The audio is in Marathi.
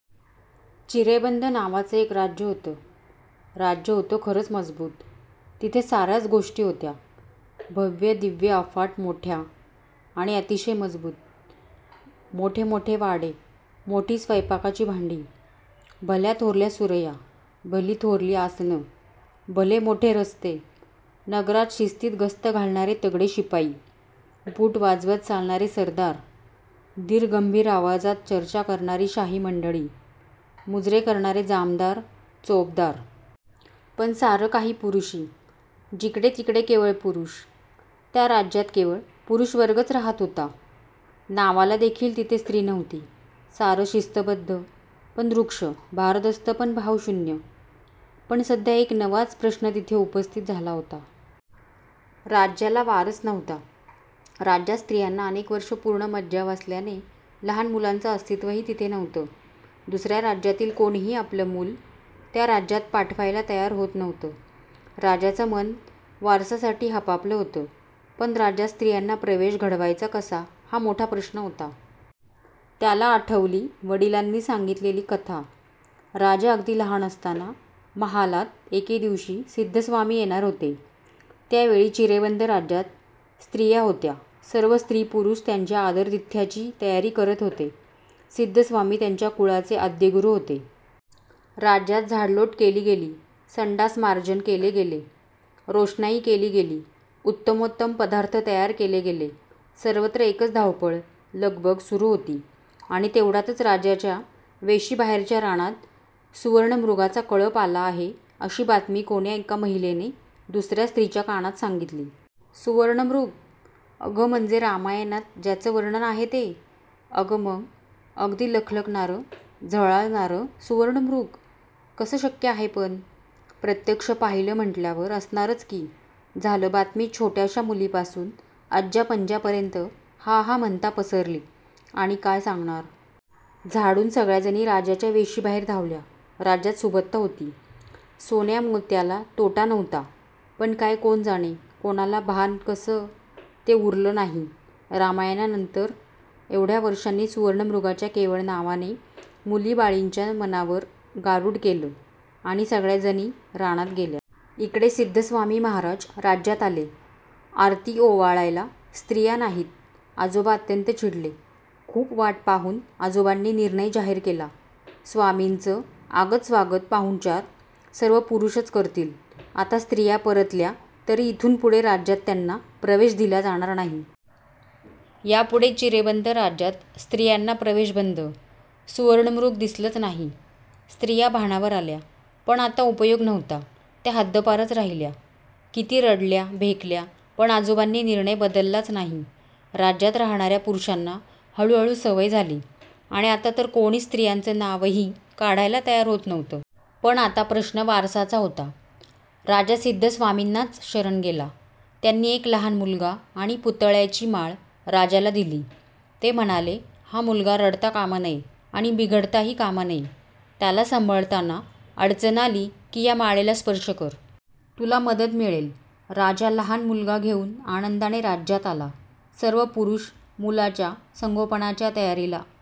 चिरेबंद नावाचं एक राज्य होतं. राज्य होतं खरंच मजबूत. तिथे साऱ्याच गोष्टी होत्या भव्य, दिव्य, अफाट मोठ्या आणि अतिशय मजबूत. मोठे मोठे वाडे, मोठी स्वयंपाकाची भांडी, भल्याथोरल्या सुरया, भलीथोरली आसनं. भले मोठे रस्ते. नगरात शिस्तीत गस्त घालणारे तगडे शिपाई, बूट वाजवत चालणारे सरदार, धीरगंभीर आवाजात चर्चा करणारी शाही मंडळी, मुजरे करणारे जामदार चोपदार. पण सारं काही पुरुषी. जिकडेतिकडे केवळ पुरुष. त्या राज्यात केवळ पुरुषवर्गच राहत होता. नावालादेखील तिथे स्त्री नव्हती. सारं शिस्तबध्द पण रुक्ष; भारदस्त पण भावशून्य,. पण सध्या एक नवाच प्रश्न तिथे उपस्थित झाला होता. राज्याला वारस नव्हता. राज्यात स्त्रियांना अनेक वर्षं पूर्ण मज्जाव असल्याने लहान मुलांचं अस्तित्वही तिथे नव्हतं. दुसऱ्या राज्यातील कोणीही आपलं मूल त्या राज्यात पाठवायला तयार होत नव्हतं. राजाचं मन वारसासाठी हपापलं होतं. पण राज्यात स्त्रियांना प्रवेश घडवायचा कसा, हा मोठा प्रश्न होता. त्याला आठवली वडिलांनी सांगितलेली कथा. राजा अगदी लहान असताना महालात एके दिवशी सिध्दस्वामी येणार होते. त्या वेळी चिरेबंद राज्यात स्त्रिया होत्या. सर्व स्त्रीपुरुष त्यांच्या आदरातिथ्याची तयारी करीत होते. सिध्दस्वामी त्यांच्या कुळाचे आद्यगुरू होते. राज्यात झाडलोट केली गेली. सडासंमार्जन केले गेले. रोषणाई केली गेली. उत्तमोत्तम पदार्थ तयार केले गेले. सर्वत्र एकच धावपळ, लगबग सुरू होती आणि तेवढ्यातच राज्याच्या वेशीबाहेरच्या रानात सुवर्णमृगांचा कळप आला आहे, अशी बातमी कोण्या एका महिलेने दुसऱ्या स्त्रीच्या कानात सांगितली. "सुवर्णमृग? अगं म्हणजे रामायणात ज्याचं वर्णन आहे ते? अगं मग? अगदी लखलखणारं, झळाळणारं सुवर्णमृग? कसं शक्य आहे पण? प्रत्यक्ष पाहिलं म्हटल्यावर असणारच की. " झालं बातमी छोट्याशा मुलीपासून आज्यापणज्यांपर्यंत हा हा म्हणता पसरली आणि काय सांगणार? झाडून सगळ्याजणी राज्याच्या वेशीबाहेर धावल्या. राज्यात सुबत्ता होती, सोन्यामोत्याला तोटा नव्हता. पण काय कोण जाणे, कोणाला भान कसं ते उरलं नाही. रामायणानंतर एवढ्या वर्षांनी सुवर्णमृगाच्या केवळ नावाने मुलीबाळींच्या मनावर गारुड केलं आणि सगळ्याजणी रानात गेल्या. इकडे सिध्दस्वामी महाराज राज्यात आले. आरती ओवाळायला स्त्रिया नाहीत. आजोबा अत्यंत चिडले. खूप वाट पाहून आजोबांनी निर्णय जाहीर केला. –"स्वामींचं आगतस्वागत पाहुणचार सर्व पुरुषच करतील. आता स्त्रिया परतल्या, तरी इथून पुढे राज्यात त्यांना प्रवेश दिला जाणार नाही. यापुढे चिरेबंद राज्यात स्त्रियांना प्रवेश बंद. "- सुवर्णमृग दिसलंच नाही. स्त्रिया भानावर आल्या. पण आता उपयोग नव्हता. त्या हद्दपारच राहिल्या. किती रडल्या भेकल्या, पण आजोबांनी निर्णय बदललाच नाही. राज्यात राहणाऱ्या पुरुषांना हळूहळू सवय झाली आणि आता तर कोणीच स्त्रियांचं नावही काढायला तयार होत नव्हतं. पण आता प्रश्न वारसाचा होता. राजा सिध्दस्वामींनाच शरण गेला. त्यांनी एक लहान मुलगा आणि पुतळ्यांची माळ राजाला दिली. ते म्हणाले,"हा मुलगा रडता कामा नये आणि बिघडताही कामा नये. त्याला सांभाळताना अडचण आली की या माळेला स्पर्श कर. तुला मदत मिळेल. "-- राजा लहान मुलगा घेऊन आनंदाने राज्यात आला. सर्व पुरुष मुलाच्या संगोपनाच्या तयारीला